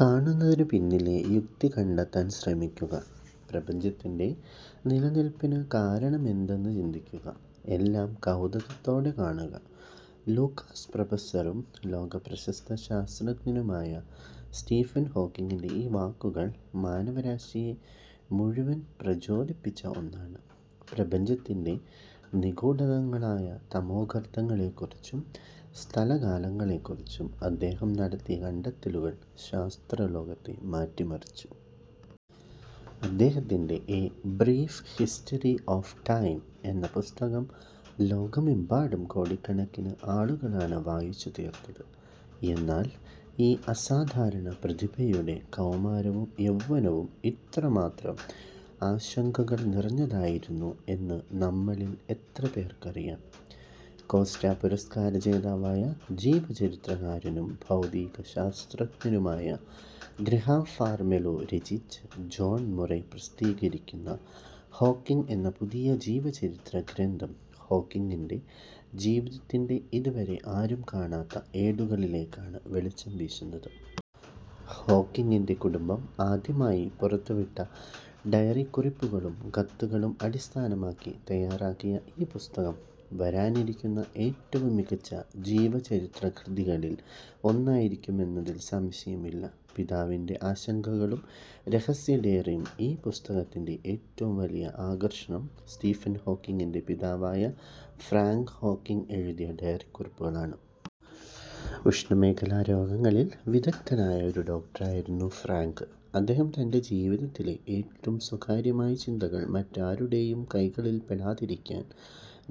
കാണുന്നതിന് പിന്നിലെ യുക്തി കണ്ടെത്താൻ ശ്രമിക്കുക, പ്രപഞ്ചത്തിന്റെ നിലനിൽപ്പിന് കാരണമെന്തെന്ന് ചിന്തിക്കുക. എല്ലാം കൗതുകത്തോടെ കാണുക... ' ലൂക്കാസ് പ്രഫസറും ലോകപ്രശസ്ത ശാസ്ത്രജ്ഞനുമായിരുന്ന സ്റ്റീഫൻ ഹോക്കിങ്ങിന്റെ ഈ വാക്കുകൾ മാനവരാശിയെ മുഴുവൻ പ്രചോദിപ്പിച്ച ഒന്നാണ്. പ്രപഞ്ചത്തിന്റെ നിഗൂഢതകളായ തമോഗർത്തങ്ങളെക്കുറിച്ചും, സ്ഥല-കാലങ്ങളെക്കുറിച്ചും അദ്ദേഹം നടത്തിയ കണ്ടെത്തലുകൾ ശാസ്ത്രലോകത്തെ മാറ്റിമറിച്ചു. അദ്ദേഹത്തിന്റെ 'a brief history of time' എന്ന പുസ്തകം ലോകമെമ്പാടും കോടിക്കണക്കിന് ആളുകളാണ് വായിച്ചുതീർത്തത്. എന്നാൽ, ഈ അസാധാരണ പ്രതിഭയുടെ കൗമാരവും യൗവനവും ഇത്രമാത്രം ആശങ്കകൾ നിറഞ്ഞതായിരുന്നു എന്ന് നമ്മളിൽ എത്രപേർക്കറിയാം? കോസ്റ്റാ പുരസ്കാര ജേതാവായ ജീവചരിത്രകാരനും ഭൗതികശാസ്ത്രജ്ഞനുമായ ഗ്രഹാം ഫാർമെലോ രചിച്ച്, ജോൺ മുറെ പ്രസിദ്ധീകരിക്കുന്ന 'ഹോക്കിങ്' എന്ന പുതിയ ജീവചരിത്ര ഗ്രന്ഥം ഹോക്കിങ്ങിന്റെ ജീവിതത്തിന്റെ ഇതുവരെ ആരും കാണാത്ത ഏടുകളിലേക്കാണ് വെളിച്ചം വീശുന്നത്. ഹോക്കിങ്ങിന്റെ കുടുംബം ആദ്യമായി പുറത്തുവിട്ട ഡയറിക്കുറിപ്പുകളും കത്തുകളും അടിസ്ഥാനമാക്കി തയാറാക്കിയ ഈ പുസ്തകം, വരാനിരിക്കുന്ന ഏറ്റവും മികച്ച ജീവചരിത്ര കൃതികളിൽ ഒന്നായിരിക്കുമെന്നതിൽ സംശയമില്ല. ∙ പിതാവിന്റെ ആശങ്കകളും രഹസ്യ ഡയറിയും ഈ പുസ്തകത്തിന്റെ ഏറ്റവും വലിയ ആകർഷണം സ്റ്റീഫൻ ഹോക്കിങ്ങിന്റെ പിതാവായ ഫ്രാങ്ക് ഹോക്കിങ് എഴുതിയ ഡയറിക്കുറിപ്പുകളാണ്. ഉഷ്ണമേഖലാ രോഗങ്ങളിൽ വിദഗ്ധനായ ഒരു ഡോക്ടറായിരുന്നു ഫ്രാങ്ക്. അദ്ദേഹം തന്റെ ജീവിതത്തിലെ ഏറ്റവും സ്വകാര്യമായ ചിന്തകൾ മറ്റാരുടെയും കൈകളിൽപ്പെടാതിരിക്കാൻ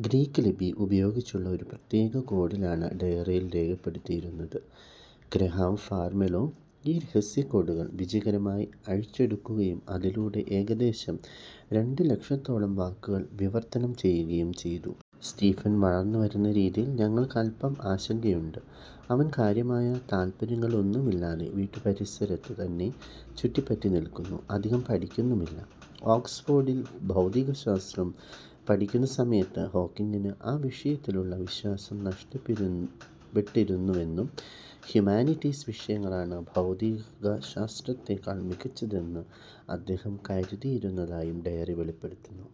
'ഗ്രീക്ക് ലിപി' ഉപയോഗിച്ചുള്ള ഒരു പ്രത്യേക കോഡിലാണ് ഡയറിയിൽ രേഖപ്പെടുത്തിയിരുന്നത്. ഗ്രഹാം ഫാർമെലോ ഈ രഹസ്യ കോഡുകൾ വിജയകരമായി അഴിച്ചെടുക്കുകയും, അതിലൂടെ ഏകദേശം രണ്ട് ലക്ഷത്തോളം വാക്കുകൾ വിവർത്തനം ചെയ്യുകയും ചെയ്തു. 'സ്റ്റീഫൻ വളർന്നു വരുന്ന രീതിയിൽ ഞങ്ങൾക്ക് അൽപം ആശങ്കയുണ്ട്. അവൻ കാര്യമായ താൽപര്യങ്ങളൊന്നുമില്ലാതെ വീട്ടുപരിസരത്ത് തന്നെ ചുറ്റിപ്പറ്റി നിൽക്കുന്നു, അധികം പഠിക്കുന്നുമില്ല... ' ഓക്സ്ഫഡിൽ ഭൗതികശാസ്ത്രം പഠിക്കുന്ന സമയത്ത് ഹോക്കിങ്ങിന് ആ വിഷയത്തിലുള്ള വിശ്വാസം നഷ്ടപ്പെട്ടിരുന്നുവെന്നും, ഹ്യൂമാനിറ്റീസ് വിഷയങ്ങളാണ് ഭൗതികശാസ്ത്രത്തേക്കാൾ മികച്ചതെന്ന് അദ്ദേഹം കരുതിയിരുന്നതായും ഡയറി വെളിപ്പെടുത്തുന്നു.